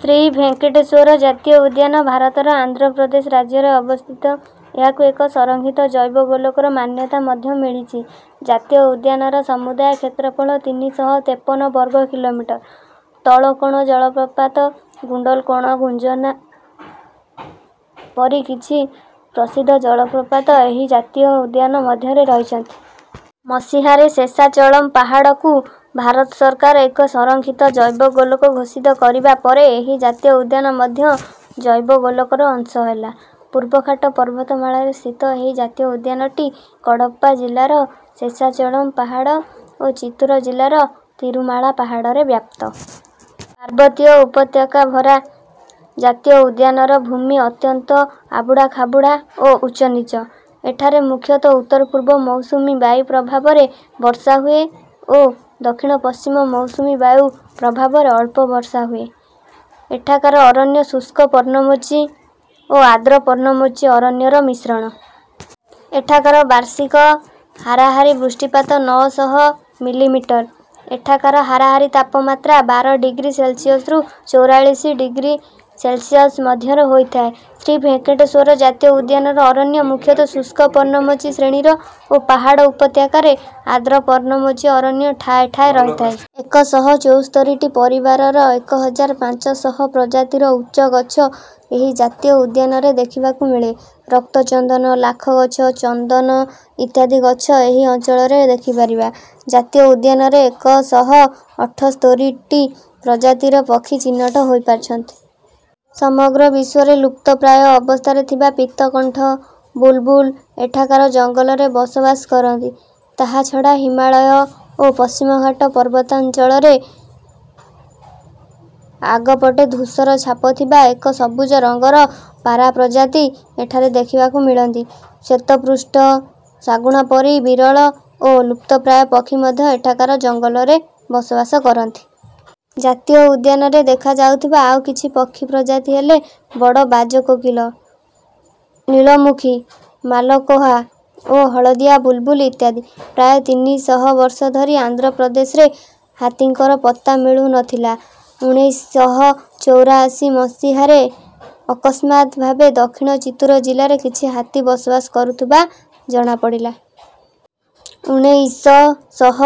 ଶ୍ରୀ ଭେଙ୍କଟେଶ୍ୱର ଜାତୀୟ ଉଦ୍ୟାନ ଭାରତର ଆନ୍ଧ୍ର ପ୍ରଦେଶ ରାଜ୍ୟରେ ଅବସ୍ଥିତ। ଏହାକୁ ଏକ ସଂରକ୍ଷିତ ଜୈବଗୋଲକର ମାନ୍ୟତା ମଧ୍ୟ ମିଳିଛି। ଜାତୀୟ ଉଦ୍ୟାନର ସମୁଦାୟ କ୍ଷେତ୍ରଫଳ ତିନି ଶହ ତେପନ ବର୍ଗ କିଲୋମିଟର। ତଳକୋଣ ଜଳପ୍ରପାତ, ଗୁଣ୍ଡଲକୋଣ, ଗୁଞ୍ଜନା ପରି କିଛି ପ୍ରସିଦ୍ଧ ଜଳପ୍ରପାତ ଏହି ଜାତୀୟ ଉଦ୍ୟାନ ମଧ୍ୟରେ ରହିଛନ୍ତି। ମସିହାରେ ଶେଷାଚଳମ୍ ପାହାଡ଼କୁ ଭାରତ ସରକାର ଏକ ସଂରକ୍ଷିତ ଜୈବଗୋଲକ ଘୋଷିତ କରିବା ପରେ ଏହି ଜାତୀୟ ଉଦ୍ୟାନ ମଧ୍ୟ ଜୈବଗୋଲକର ଅଂଶ ହେଲା। ପୂର୍ବଘାଟ ପର୍ବତମାଳାରେ ସ୍ଥିତ ଏହି ଜାତୀୟ ଉଦ୍ୟାନଟି କଡ଼ପ୍ପା ଜିଲ୍ଲାର ଶେଷାଚଳମ୍ ପାହାଡ଼ ଓ ଚିତ୍ତୁର ଜିଲ୍ଲାର ତିରୁମାଳା ପାହାଡ଼ରେ ବ୍ୟାପ୍ତ। ପାର୍ବତୀୟ ଉପତ୍ୟକାଭରା ଜାତୀୟ ଉଦ୍ୟାନର ଭୂମି ଅତ୍ୟନ୍ତ ଆବୁଡ଼ାଖାବୁଡ଼ା ଓ ଉଚ୍ଚନୀଚ। ଏଠାରେ ମୁଖ୍ୟତଃ ଉତ୍ତର-ପୂର୍ବ ମୌସୁମୀ ବାୟୁ ପ୍ରଭାବରେ ବର୍ଷା ହୁଏ ଓ ଦକ୍ଷିଣ-ପଶ୍ଚିମ ମୌସୁମୀ ବାୟୁ ପ୍ରଭାବରେ ଅଳ୍ପ ବର୍ଷା ହୁଏ। ଏଠାକାର ଅରଣ୍ୟ ଶୁଷ୍କ ପର୍ଣ୍ଣମୋଚୀ ଓ ଆର୍ଦ୍ର ପର୍ଣ୍ଣମୋଚୀ ଅରଣ୍ୟର ମିଶ୍ରଣ। ଏଠାକାର ବାର୍ଷିକ ହାରାହାରି ବୃଷ୍ଟିପାତ ନଅ ଶହ ମିଲିମିଟର। ଏଠାକାର ହାରାହାରି ତାପମାତ୍ରା ବାର ଡିଗ୍ରୀ ସେଲ୍ସିୟସ୍‌ରୁ ଚଉରାଳିଶ ଡିଗ୍ରୀ ସେଲ୍ସିୟସ୍ ମଧ୍ୟରେ ହୋଇଥାଏ। ଶ୍ରୀ ଭେଙ୍କଟେଶ୍ୱର ଜାତୀୟ ଉଦ୍ୟାନର ଅରଣ୍ୟ ମୁଖ୍ୟତଃ ଶୁଷ୍କ ପର୍ଣ୍ଣମୋଚୀ ଶ୍ରେଣୀର ଓ ପାହାଡ଼ ଉପତ୍ୟକାରେ ଆର୍ଦ୍ର ପର୍ଣ୍ଣମୋଚୀ ଅରଣ୍ୟ ଠାଏ ଠାଏ ରହିଥାଏ। ଏକ ଶହ ଚଉସ୍ତରୀଟି ପରିବାରର ଏକ ହଜାର ପାଞ୍ଚ ଶହ ପ୍ରଜାତିର ଉଚ୍ଚ ଗଛ ଏହି ଜାତୀୟ ଉଦ୍ୟାନରେ ଦେଖିବାକୁ ମିଳେ। ରକ୍ତଚନ୍ଦନ, ଲାଖ ଗଛ, ଚନ୍ଦନ ଇତ୍ୟାଦି ଗଛ ଏହି ଅଞ୍ଚଳରେ ଦେଖିପାରିବା। ଜାତୀୟ ଉଦ୍ୟାନରେ ଏକ ଶହ ଅଠସ୍ତରୀଟି ପ୍ରଜାତିର ପକ୍ଷୀ ଚିହ୍ନଟ ହୋଇପାରିଛନ୍ତି। ସମଗ୍ର ବିଶ୍ୱରେ ଲୁପ୍ତପ୍ରାୟ ଅବସ୍ଥାରେ ଥିବା ପୀତକଣ୍ଠ ବୁଲ୍‌ବୁଲ୍ ଏଠାକାର ଜଙ୍ଗଲରେ ବସବାସ କରନ୍ତି। ତାହା ଛଡ଼ା ହିମାଳୟ ଓ ପଶ୍ଚିମଘାଟ ପର୍ବତାଞ୍ଚଳରେ ଆଗପଟେ ଧୂସର ଛାପ ଥିବା ଏକ ସବୁଜ ରଙ୍ଗର ପାରା ପ୍ରଜାତି ଏଠାରେ ଦେଖିବାକୁ ମିଳନ୍ତି। ଶ୍ୱେତପୃଷ୍ଠ ଶାଗୁଣା ପରି ବିରଳ ଓ ଲୁପ୍ତପ୍ରାୟ ପକ୍ଷୀ ମଧ୍ୟ ଏଠାକାର ଜଙ୍ଗଲରେ ବସବାସ କରନ୍ତି। ଜାତୀୟ ଉଦ୍ୟାନରେ ଦେଖାଯାଉଥିବା ଆଉ କିଛି ପକ୍ଷୀ ପ୍ରଜାତି ହେଲେ ବଡ଼ ବାଜ କୋକିଲ, ନୀଳମୁଖୀ ମାଲକୋହା ଓ ହଳଦିଆ ବୁଲ୍‌ବୁଲ୍ ଇତ୍ୟାଦି। ପ୍ରାୟ ତିନି ଶହ ବର୍ଷ ଧରି ଆନ୍ଧ୍ର ପ୍ରଦେଶରେ ହାତୀଙ୍କର ପତ୍ତା ମିଳୁ ନ ଥିଲା। ଉଣେଇଶ ଶହ ଚଉରାଅଶୀ ମସିହାରେ ଅକସ୍ମାତ୍ ଭାବେ ଦକ୍ଷିଣ ଚିତ୍ତୁର ଜିଲ୍ଲାରେ କିଛି ହାତୀ ବସବାସ କରୁଥିବା ଜଣାପଡ଼ିଲା। ଉଣେଇଶ ଶହ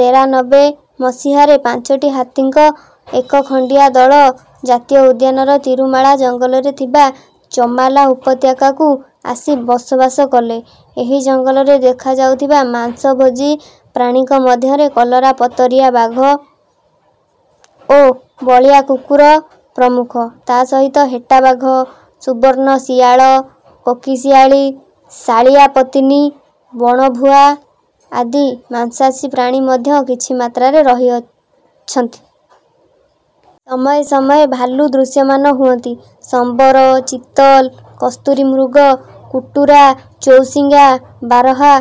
ତେରାନବେ ମସିହାରେ ପାଞ୍ଚଟି ହାତୀଙ୍କ ଏକ ଖଣ୍ଡିଆ ଦଳ ଜାତୀୟ ଉଦ୍ୟାନର ତିରୁମାଳା ଜଙ୍ଗଲରେ ଥିବା ଚମାଲା ଉପତ୍ୟକାକୁ ଆସି ବସବାସ କଲେ। ଏହି ଜଙ୍ଗଲରେ ଦେଖାଯାଉଥିବା ମାଂସଭୋଜୀ ପ୍ରାଣୀଙ୍କ ମଧ୍ୟରେ କଲରାପତରିଆ ବାଘ ଓ ବଳିଆ କୁକୁର ପ୍ରମୁଖ। ତା’ ସହିତ ହେଟା ବାଘ, ସୁବର୍ଣ୍ଣ ଶିଆଳ, କୋକିଶିଆଳୀ, ଶାଳିଆପତିନି, ବଣଭୁଆ ଆଦି ମାଂସାଶୀ ପ୍ରାଣୀ ମଧ୍ୟ କିଛି ମାତ୍ରାରେ ରହିଅଛନ୍ତି। ସମୟେ ସମୟେ ଭାଲୁ ଦୃଶ୍ୟମାନ ହୁଅନ୍ତି। ସମ୍ବର, ଚିତଲ୍, କସ୍ତୁରୀ ମୃଗ, କୁଟୁରା, ଚୌଶିଙ୍ଘା, ବାର୍‌ହା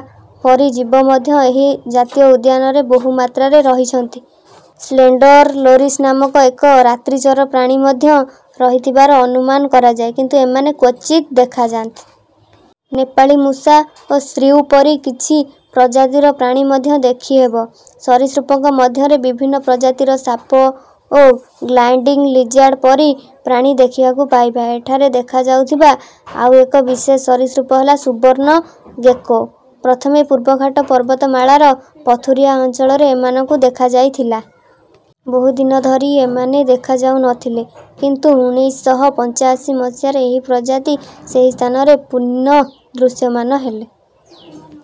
ପରି ଜୀବ ମଧ୍ୟ ଏହି ଜାତୀୟ ଉଦ୍ୟାନରେ ବହୁ ମାତ୍ରାରେ ରହିଛନ୍ତି। ସ୍ଲେଣ୍ଡର୍ ଲୋରିସ୍ ନାମକ ଏକ ରାତ୍ରିଚର ପ୍ରାଣୀ ମଧ୍ୟ ରହିଥିବାର ଅନୁମାନ କରାଯାଏ କିନ୍ତୁ ଏମାନେ କ୍ୱଚିତ୍ ଦେଖାଯାନ୍ତି। ନେପାଳୀ ମୂଷା ଓ ଶ୍ର୍ୟୁ ପରି କିଛି ପ୍ରଜାତିର ପ୍ରାଣୀ ମଧ୍ୟ ଦେଖିହେବ। ସରୀସୃପଙ୍କ ମଧ୍ୟରେ ବିଭିନ୍ନ ପ୍ରଜାତିର ସାପ ଓ ଗ୍ଲାଇଡିଂ ଲିଜାର୍ଡ୍ ପରି ପ୍ରାଣୀ ଦେଖିବାକୁ ପାଇବା। ଏଠାରେ ଦେଖାଯାଉଥିବା ଆଉ ଏକ ବିଶେଷ ସରୀସୃପ ହେଲା ସୁବର୍ଣ୍ଣ ଗେକୋ। ପ୍ରଥମେ ପୂର୍ବଘାଟ ପର୍ବତମାଳାର ପଥୁରିଆ ଅଞ୍ଚଳରେ ଏମାନଙ୍କୁ ଦେଖାଯାଇଥିଲା। ବହୁ ଦିନ ଧରି ଏମାନେ ଦେଖାଯାଉ ନ ଥିଲେ କିନ୍ତୁ ଉଣେଇଶ ଶହ ପଞ୍ଚାଅଶୀ ମସିହାରେ ଏହି ପ୍ରଜାତି ସେହି ସ୍ଥାନରେ ପୁନଃ ଦୃଶ୍ୟମାନ ହେଲେ।